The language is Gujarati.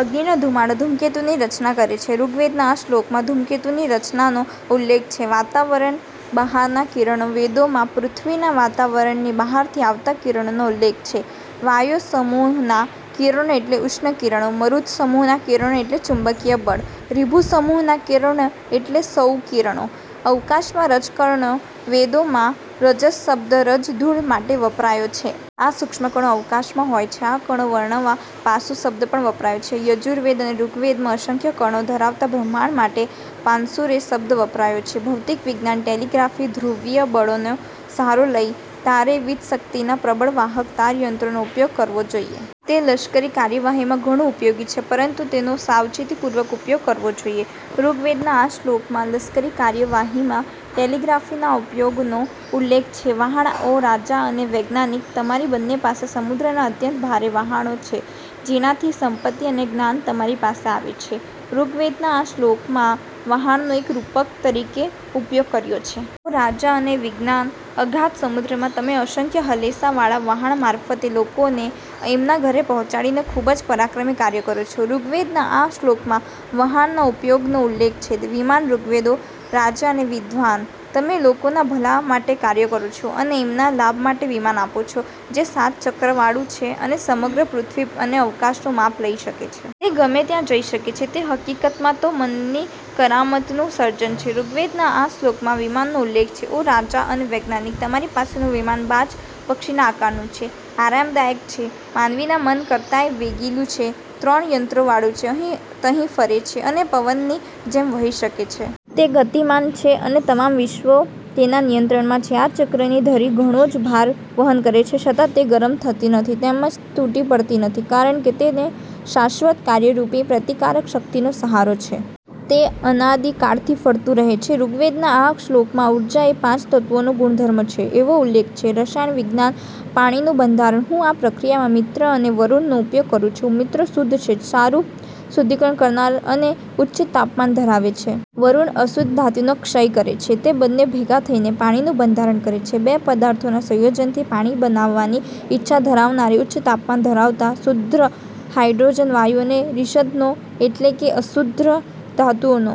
અગ્નિનો ધુમાડો ધૂમકેતુની રચના કરે છે" ઋગ્વેદના આ શ્લોકમાં, ધૂમકેતુ ની રચનાનો ઉલ્લેખ છે. વાતાવરણ બહારના કિરણો વેદોમાં પૃથ્વીના વાતાવરણની બહારથી આવતા કિરણોનો ઉલ્લેખ છે. વાયો સમૂહના કિરણો એટલે ઉષ્ણ કિરણો, મરુત સમૂહના કિરણો એટલે ચુંબકીય બળ, રીભુ સમૂહના કિરણો એટલે સૌર કિરણો અવકાશમાં રજકણો વેદોમાં 'રજસ' શબ્દ રજ-ધૂળ માટે વપરાયો છે. આ સુક્ષ્મ કણો અવકાશમાં હોય છે. આ કણો વર્ણવવા "પાંસુ" શબ્દ પણ વપરાયો છે. યજુર્વેદ અને ઋગ્વેદમાં અસંખ્ય કણો ધરાવતા બ્રહ્માંડ માટે "પાંસુરે" શબ્દ વપરાયો છે ભૌતિક વિજ્ઞાન ટેલીગ્રાફી "ધ્રુવીય બળોનો સહારો લઇ, તારે વીજશક્તિના પ્રબળ વાહક તાર યંત્રનો ઉપયોગ કરવો જોઈએ. તે લશ્કરી કાર્યવાહીમાં ઘણું ઉપયોગી છે પરંતુ તેનો સાવચેતીપૂર્વક ઉપયોગ કરવો જોઈએ" ઋગ્વેદના આ શ્લોકમાં, લશ્કરી કાર્યવાહીમાં ટેલીગ્રાફી ના ઉપયોગનો ઉલ્લેખ છે. વહાણ "ઓ રાજા અને વૈજ્ઞાનિક, તમારી બંને પાસે સમુદ્રનાં અત્યંત ભારે વહાણો છે જેનાથી સંપત્તિ અને જ્ઞાન તમારી પાસે આવે છે" ઋગ્વેદના આ શ્લોકમાં, વહાણનો એક રૂપક તરીકે ઉપયોગ કર્યો છે. "ઓ રાજા અને વૈજ્ઞાનિક, અગાધ સમુદ્રમાં તમે અસંખ્ય હલેસાંવાળા વહાણ મારફતે લોકોને એમના ઘરે પહોંચાડીને ખુબ જ પરાક્રમી કાર્ય કરો છો" ઋગ્વેદના આ શ્લોકમાં, વહાણના ઉપયોગનો ઉલ્લેખ છે. વિમાન ઋગ્વેદ "ઓ રાજા અને વિદ્વાન, તમે લોકોના ભલા માટે કાર્ય કરો છો અને એમના લાભ માટે વિમાન આપો છો જે સાત ચક્રવાળું છે અને સમગ્ર પૃથ્વી અને અવકાશનું માપ લઇ શકે છે. તે ગમે ત્યાં જઈ શકે છે. તે હકીકતમાં તો મનની કરામતનું સર્જન છે" ઋગ્વેદના આ શ્લોકમાં, વિમાનનો ઉલ્લેખ છે. "ઓ રાજા અને વૈજ્ઞાનિક, તમારી પાસેનું વિમાન બાજ પક્ષીના આકારનું છે, આરામદાયક છે, માનવીના મન કરતાંય વેગીલું છે, ત્રણ યંત્રોવાળું છે, અહીં-તહીં ફરે છે અને પવનની જેમ વહી શકે છે. તે ગતિમાન છે અને તમામ વિશ્વો તેના નિયંત્રણમાં છે. આ ચક્રની ધરી ઘણો જ ભાર વહન કરે છે છતાં તે ગરમ થતી નથી તેમજ તે તૂટી પડતી નથી કારણકે તેને શાશ્વત કાર્ય રૂપી પ્રતિકારક શક્તિનો સહારો છે. તે અનાદીકાળથી ફરતું રહે છે" ઋગ્વેદના આ શ્લોકમાં, ઊર્જા એ પાંચ તત્વો નો ગુણધર્મ છે એવો ઉલ્લેખ છે. રસાયણ વિજ્ઞાન પાણીનું બંધારણ "હું આ પ્રક્રિયામાં મિત્ર અને વરુણ નો ઉપયોગ કરું છું. મિત્ર શુદ્ધ છે, સારું શુદ્ધિકરણ કરનાર છે અને ઉચ્ચ તાપમાન ધરાવે છે. વરુણ અશુદ્ધ ધાતુઓનો ક્ષય કરે છે. તે બંને ભેગા થઈને પાણીનું બંધારણ કરે છે" "બે પદાર્થોના સંયોજનથી પાણી બનાવવાની ઈચ્છા ધરાવનારે, ઉચ્ચ તાપમાન ધરાવતા શુદ્ધ હાઇડ્રોજન વાયુ અને 'રીસધ'નો એટલે કે અશુદ્ધ ધાતુઓનો।